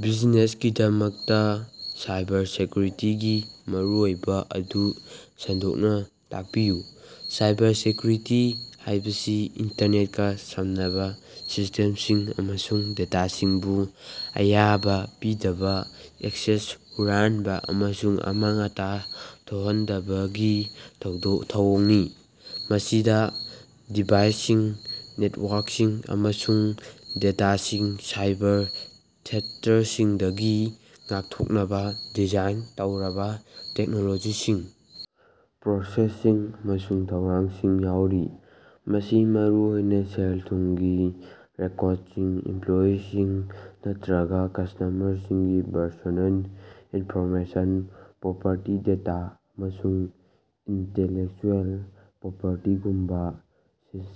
ꯕꯤꯖꯤꯅꯦꯁꯁꯤꯡꯒꯤꯗꯃꯛꯇ ꯁꯥꯏꯕꯔꯁꯦꯛꯌꯨꯔꯤꯇꯤꯒꯤ ꯃꯔꯨꯑꯣꯏꯕ ꯑꯗꯨ ꯁꯟꯗꯣꯛꯅꯥ ꯇꯥꯛꯄꯤꯌꯨ꯫ ꯁꯥꯏꯕꯔꯁꯦꯛꯌꯨꯔꯤꯇꯤ ꯍꯥꯏꯕꯁꯤ ꯏꯟꯇꯔꯅꯦꯠꯀꯥ ꯁꯝꯅꯕ ꯁꯤꯁꯇꯦꯝꯁꯤꯡ ꯑꯃꯁꯨꯡ ꯗꯦꯇꯥꯁꯤꯡꯕꯨ ꯑꯌꯥꯕꯥ ꯄꯤꯗꯕ ꯑꯦꯛꯁꯦꯁ ꯍꯨꯔꯥꯟꯕ ꯑꯃꯁꯨꯡ ꯑꯃꯥꯡ ꯑꯇꯥ ꯊꯣꯛꯍꯟꯗꯕꯒꯤ ꯊꯧꯑꯣꯡꯅꯤ꯫ ꯃꯁꯤꯗ ꯗꯤꯚꯥꯏꯁꯁꯤꯡ ꯅꯦꯇꯋꯥꯔꯛꯁꯤꯡ ꯑꯃꯁꯨꯡ ꯗꯦꯇꯥꯁꯤꯡ ꯁꯥꯏꯕꯔ ꯊ꯭ꯔꯦꯠꯇꯥꯁꯤꯡꯗꯒꯤ ꯉꯥꯛꯊꯣꯛꯅꯕ ꯗꯤꯖꯥꯏꯟ ꯇꯧꯔꯕ ꯇꯦꯛꯅꯣꯂꯣꯖꯤꯁꯤꯡ ꯄ꯭ꯔꯣꯁꯦꯁꯁꯤꯡ ꯑꯃꯁꯨꯡ ꯊꯧꯔꯥꯡꯁꯤꯡ ꯌꯥꯎꯔꯤ꯫ ꯃꯁꯤ ꯃꯔꯨꯑꯣꯏꯅ ꯁꯦꯜ ꯊꯨꯝꯒꯤ ꯔꯦꯀꯣꯔꯠꯁꯤꯡ ꯏꯝꯄꯂꯣꯌꯤꯁꯤꯡ ꯅꯠꯇ꯭ꯔꯒ ꯀꯁꯇꯃꯔꯁꯤꯡꯒꯤ ꯄꯔꯁꯣꯅꯦꯜ ꯏꯟꯐꯣꯔꯃꯦꯁꯟ ꯄ꯭ꯔꯣꯄꯔꯇꯤ ꯗꯦꯇꯥ ꯑꯃꯁꯨꯡ ꯏꯟꯇꯦꯂꯦꯛꯆꯨꯑꯦꯜ ꯄ꯭ꯔꯣꯄꯔꯇꯤꯒꯨꯝꯕ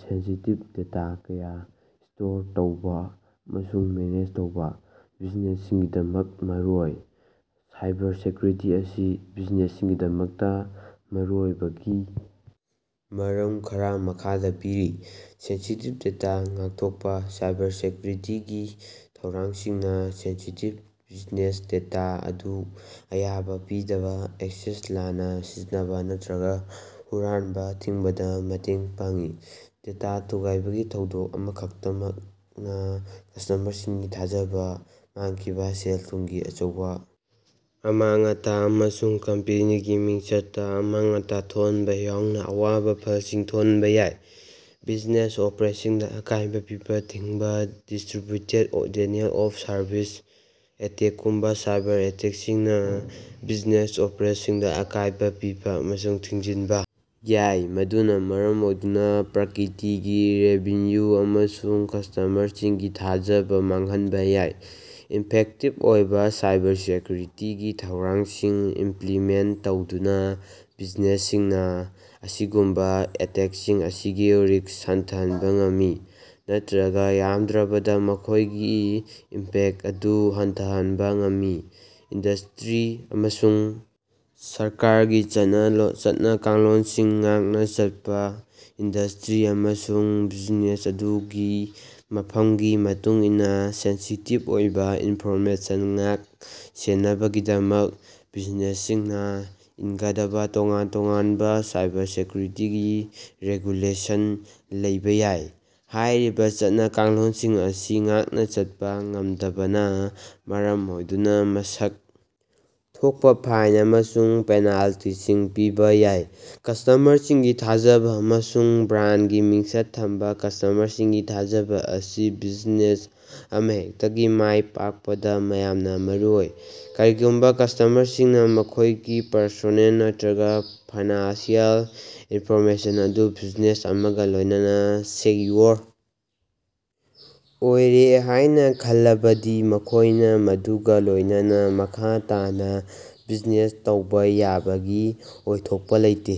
ꯁꯦꯟꯁꯤꯇꯤꯞ ꯗꯦꯇꯥ ꯀꯌꯥ ꯁꯇꯣꯔ ꯇꯧꯕ ꯑꯃꯁꯨꯡ ꯃꯦꯅꯦꯖ ꯇꯧꯕ ꯕꯤꯖꯤꯅꯦꯁꯁꯤꯡꯒꯤꯗꯃꯛ ꯃꯔꯨꯑꯣꯏ꯫ ꯁꯥꯏꯕꯔꯁꯦꯛꯌꯨꯔꯤꯇꯤ ꯑꯁꯤ ꯕꯤꯖꯤꯅꯦꯁꯁꯤꯡꯒꯤꯗꯃꯛꯇ ꯃꯔꯨꯑꯣꯏꯕꯒꯤ ꯃꯔꯝ ꯈꯔꯥ ꯃꯈꯥꯗ ꯄꯤꯔꯤ ꯁꯦꯟꯁꯤꯇꯤꯚ ꯗꯦꯇꯥ ꯉꯥꯛꯊꯣꯛꯄ ꯁꯥꯏꯕꯔꯁꯦꯛꯌꯨꯔꯤꯇꯤꯒꯤ ꯊꯧꯔꯥꯡꯁꯤꯡꯅ ꯁꯦꯟꯁꯤꯇꯤꯞ ꯕꯤꯖꯅꯦꯁ ꯗꯦꯇꯥ ꯑꯗꯨ ꯑꯌꯥꯕ ꯄꯤꯗꯕ ꯑꯦꯛꯁꯦꯁ ꯂꯥꯟꯅ ꯁꯤꯖꯤꯟꯅꯕ ꯅꯠꯇ꯭ꯔꯒ ꯍꯨꯔꯥꯟꯕ ꯊꯤꯡꯕꯗ ꯃꯇꯦꯡ ꯄꯥꯡꯏ꯫ ꯗꯦꯇꯥ ꯊꯨꯒꯥꯏꯕꯒꯤ ꯊꯧꯗꯣꯛ ꯑꯃꯈꯛꯇꯃꯛꯅ ꯀꯁꯇꯃꯔꯁꯤꯡꯒꯤ ꯊꯥꯖꯕ ꯃꯥꯡꯈꯤꯕ ꯁꯦꯜ ꯊꯨꯝꯒꯤ ꯑꯆꯧꯕ ꯑꯃꯥꯡ ꯑꯇꯥ ꯑꯃꯁꯨꯡ ꯀꯝꯄꯦꯅꯤꯒꯤ ꯃꯤꯡꯆꯠꯇ ꯑꯃꯥꯡ ꯑꯇꯥ ꯊꯣꯛꯍꯟꯕ ꯌꯥꯎꯅ ꯑꯋꯥꯕ ꯐꯜꯁꯤꯡ ꯊꯣꯛꯍꯟꯕ ꯌꯥꯏ꯫ ꯕꯤꯖꯤꯅꯦꯁ ꯑꯣꯄꯔꯦꯁꯅꯁꯤꯡꯗ ꯑꯀꯥꯏꯕ ꯄꯤꯕ ꯊꯤꯡꯕ ꯗꯤꯁꯇꯔꯤꯕꯌꯨꯇꯦꯠ ꯗꯦꯅꯤꯑꯦꯜ ꯑꯣꯐ ꯁꯔꯚꯤꯁ ꯑꯦꯇꯦꯛꯒꯨꯝꯕ ꯁꯥꯏꯕꯔ ꯑꯦꯇꯦꯛꯁꯤꯡꯅ ꯕꯤꯖꯤꯅꯦꯁ ꯑꯣꯄꯔꯦꯁꯟꯁꯤꯡꯗ ꯑꯀꯥꯏꯕ ꯄꯤꯕ ꯑꯃꯁꯨꯡ ꯊꯤꯡꯖꯤꯟꯕ ꯌꯥꯏ ꯃꯗꯨꯅ ꯃꯔꯝ ꯑꯣꯏꯗꯨꯅ ꯄ꯭ꯔꯀꯤꯇꯤꯒꯤ ꯔꯦꯚꯤꯟꯌꯨ ꯑꯃꯁꯨꯡ ꯀꯁꯇꯃꯔꯁꯤꯡꯒꯤ ꯊꯥꯖꯕ ꯃꯥꯡꯍꯟꯕ ꯌꯥꯏ꯫ ꯏꯐꯦꯛꯇꯤꯚ ꯑꯣꯏꯕ ꯁꯥꯏꯕꯔꯁꯦꯛꯌꯨꯔꯤꯇꯤꯒꯤ ꯊꯧꯔꯥꯡꯁꯤꯡ ꯏꯝꯄꯂꯤꯃꯦꯟꯇ ꯇꯧꯗꯨꯅ ꯕꯤꯖꯤꯅꯦꯁꯁꯤꯡꯅ ꯑꯁꯤꯒꯨꯝꯕ ꯑꯦꯇꯦꯛꯁꯤꯡ ꯑꯁꯤꯒꯤ ꯔꯤꯁ꯭ꯛ ꯍꯟꯊꯍꯟꯕ ꯉꯝꯃꯤ ꯅꯠꯇ꯭ꯔꯒꯥ ꯌꯥꯝꯗ꯭ꯔꯕꯗ ꯃꯈꯣꯏꯒꯤ ꯏꯝꯄꯦꯛꯇ ꯑꯗꯨ ꯍꯟꯊꯍꯟꯕ ꯉꯝꯃꯤ꯫ ꯏꯟꯗꯁꯇꯔꯤ ꯑꯃꯁꯨꯡ ꯁꯔꯀꯥꯔꯒꯤ ꯆꯠꯅ ꯀꯥꯡꯂꯣꯟꯁꯤꯡ ꯉꯥꯛꯅ ꯆꯠꯄ ꯏꯟꯗꯁꯇꯔꯤ ꯑꯃꯁꯨꯡ ꯕ꯭ꯌꯨꯖꯤꯅꯦꯁ ꯑꯗꯨꯒꯤ ꯃꯐꯝꯒꯤ ꯃꯇꯨꯡꯏꯟꯅ ꯁꯦꯟꯁꯤꯇꯤꯞ ꯑꯣꯏꯕ ꯏꯟꯐꯣꯔꯃꯦꯁꯟ ꯉꯥꯛ ꯁꯦꯟꯅꯕꯒꯤꯗꯃꯛ ꯕꯤꯖꯤꯅꯦꯁꯁꯤꯡꯅ ꯏꯟꯒꯗꯕ ꯇꯣꯉꯥꯟ ꯇꯣꯉꯥꯟꯕ ꯁꯥꯏꯕꯔꯁꯦꯛꯌꯨꯔꯤꯇꯤ ꯔꯦꯒꯨꯂꯦꯁꯟ ꯂꯩꯕꯥꯌꯥꯏ꯫ ꯍꯥꯏꯔꯤꯕ ꯆꯠꯅ ꯀꯥꯡꯂꯣꯟꯁꯤꯡ ꯑꯁꯤ ꯉꯥꯛꯅ ꯆꯠꯄ ꯉꯝꯗꯕꯅ ꯃꯔꯝ ꯑꯣꯏꯗꯨꯅ ꯃꯁꯛ ꯊꯣꯛꯄꯥ ꯐꯥꯏꯟ ꯑꯃꯁꯨꯡ ꯄꯦꯅꯥꯜꯇꯤꯁꯤꯡ ꯄꯤꯕ ꯌꯥꯏ꯫ ꯀꯁꯇꯃꯔꯁꯤꯡꯒꯤ ꯊꯥꯖꯕ ꯑꯃꯁꯨꯡ ꯕ꯭ꯔꯥꯟꯗꯒꯤ ꯃꯤꯡꯆꯠ ꯊꯝꯕ ꯀꯁꯇꯃꯔꯁꯤꯡꯒꯤ ꯊꯥꯖꯕ ꯑꯁꯤ ꯕꯤꯖꯤꯅꯦꯁ ꯑꯃꯍꯦꯛꯇꯒꯤ ꯃꯥꯏ ꯄꯥꯛꯄꯗ ꯃꯌꯥꯝꯅ ꯃꯔꯨꯑꯣꯏ꯫ ꯀꯔꯤꯒꯨꯝꯕ ꯀꯁꯇꯃꯔꯁꯤꯡꯅ ꯃꯈꯣꯏꯒꯤ ꯄꯔꯁꯣꯅꯦꯜ ꯅꯠꯇ꯭ꯔꯒꯥ ꯐꯥꯏꯅꯥꯟꯁꯤꯑꯦꯜ ꯏꯟꯐꯣꯔꯃꯦꯁꯟ ꯑꯗꯨ ꯕꯤꯖꯤꯅꯦꯁ ꯑꯃꯒ ꯂꯣꯏꯅꯅ ꯁꯦꯛꯌꯨꯑꯣꯔ ꯑꯣꯏꯔꯦ ꯍꯥꯏꯅ ꯈꯜꯂꯕꯗꯤ ꯃꯈꯣꯏꯅ ꯃꯗꯨꯒ ꯂꯣꯏꯅꯅ ꯃꯈꯥ ꯇꯥꯅ ꯕꯤꯖꯤꯅꯦꯁ ꯇꯧꯕ ꯌꯥꯕꯒꯤ ꯑꯣꯏꯊꯣꯛꯄ ꯂꯩꯇꯦ꯫